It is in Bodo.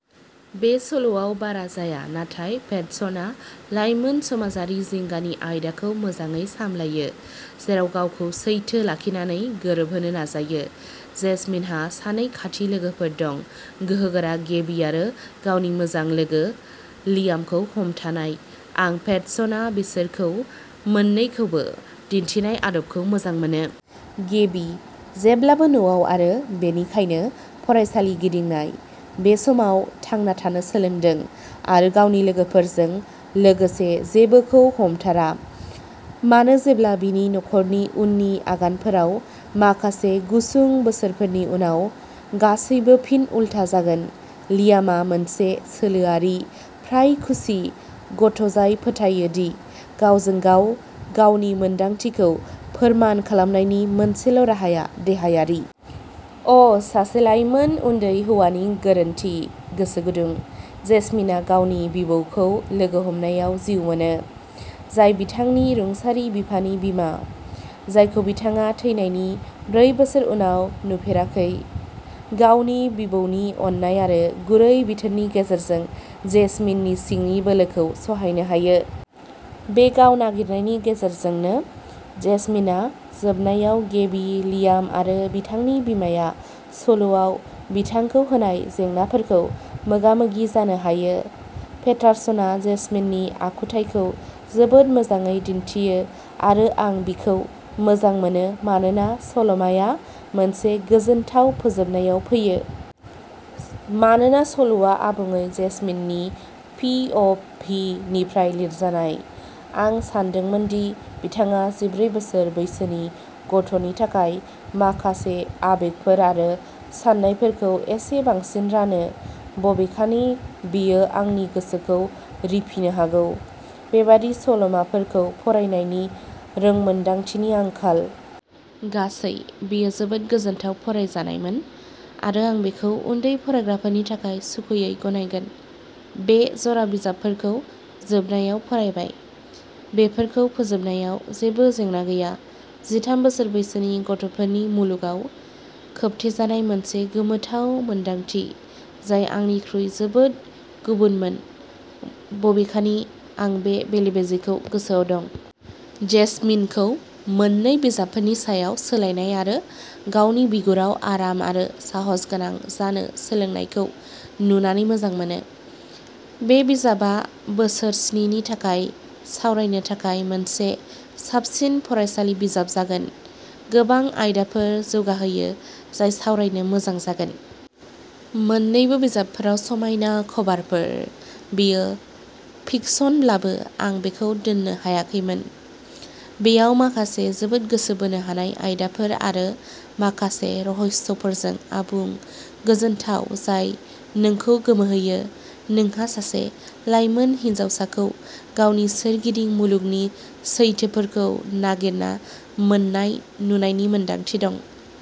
बे सल'आव बारा जाया नाथाय पेटर्सनआ लाइमोन समाजारि जिंगानि आयदाखौ मोजाङै सामलायो, जेराव गावखौ सैथो लाखिनानै गोरोबहोनो नाजायो। जेजमिनहा सानै खाथि लोगोफोर दं, गोहोगोरा गेबी आरो गावनि मोजां लोगो लियामखौ हमथानाय। आं पेटर्सनआ बिसोरखौ मोन्नैखौबो दिन्थिनाय आदबखौ मोजां मोनो। गेबी, जेब्लाबो न'आव आरो बेनिखायनो फरायसालि गिदिंनाय, बे समाव थांना थानो सोलोंदों आरो गावनि लोगोफोरजों लोगोसे जेबोखौ हमथारा। मानो जेब्ला बिनि नखरनि उननि आगानफोराव माखासे गुसुं बोसोरफोरनि उनाव गासैबो फिन उलथा जागोन। लियामआ मोनसे सोलोआरि, फ्राय खुसि गथ'जाय फोथायो दि गावजों गाव गावनि मोनदांथिखौ फोरमान खालामनायनि मोनसेल' राहाया देहायारि। अ सासे लाइमोन उन्दै हौवानि गोरोन्थि गोसो गुदुं। जेजमिनआ गावनि बिबौखौ लोगो हमनायाव जिउ मोनो, जाय बिथांनि रुंसारि बिफानि बिमा, जायखौ बिथाङा थैनायनि ब्रै बोसोर उनाव नुफेराखै। गावनि बिबौनि अननाय आरो गुरै बिथोननि गेजेरजों, जेजमिननि सिंनि बोलोखौ सहायनो हायो। बे गाव-नागिरनायनि गेजेरजोंनो, जेजमिनआ जोबनायाव गेबी, लियाम आरो बिथांनि बिमाया सल'आव बिथांखौ होनाय जेंनाफोरखौ मोगा-मोगि जानो हायो। पेटारसनआ जेजमिननि आखुथाइखौ जोबोद मोजाङै दिन्थियो आरो आं बिखौ मोजां मोनो मानोना सल'माआ मोनसे गोजोनथाव फोजोबनायाव फैयो। मानोना सल'आ आबुङै जेजमिननि पि अ भि निफ्राय लिरजानाय, आं सानदोंमोन दि बिथाङा जिब्रै बोसोर बैसोनि गथ'नि थाखाय माखासे आबेगफोर आरो साननायफोरखौ एसे बांसिन रानो। बबेखानि, बेयो आंनि गोसोखौ रिफिनो हागौ। बेबादि सल'माफोरखौ फरायनायनि रोंमोनदांथिनि आंखाल। गासै, बेयो जोबोद गोजोनथाव फरायजानायमोन आरो आं बेखौ उन्दै फरायग्राफोरनि थाखाय सुखुयै गनायगोन। बे जरा बिजाबफोरखौ जोबनायाव फरायबाय। बेफोरखौ फोजोबनायाव जेबो जेंना गैया। जिथाम बोसोर बैसोनि गथ'फोरनि मुलुगाव खोबथेजानाय मोनसे गोमोथाव मोनदांथि जाय आंनिख्रुइ जोबोद गुबुनमोन-बबेखानि आं बे बेले-बेजेखौ गोसोआव दं। जेजमिनखौ मोन्नै बिजाबफोरनि सायाव सोलायनाय आरो गावनि बिगुराव आराम आरो साहसगोनां जानो सोलोंनायखौ नुनानै मोजां मोनो। बे बिजाबआ बोसोर स्नि नि थाखाय सावरायनो थाखाय मोनसे साबसिन फरायसालि बिजाब जागोन। गोबां आयदाफोर जौगाहोयो जाय सावरायनो मोजां जागोन। मोन्नैबो बिजाबफोराव समायना कभारफोर। बेयो फिकशनब्लाबो आं बेखौ दोननो हायाखैमोन। बेयाव माखासे जोबोद गोसो बोनो हानाय आयदाफोर आरो माखासे रहस्यफोरजों आबुं गोजोनथाव जाय नोंखौ गोमोहोयो। नोंहा सासे लाइमोन हिनजावसाखौ गावनि सोरगिदिं मुलुगनि सैथोफोरखौ नागिरना मोन्नाय नुनायनि मोनदांथि दं।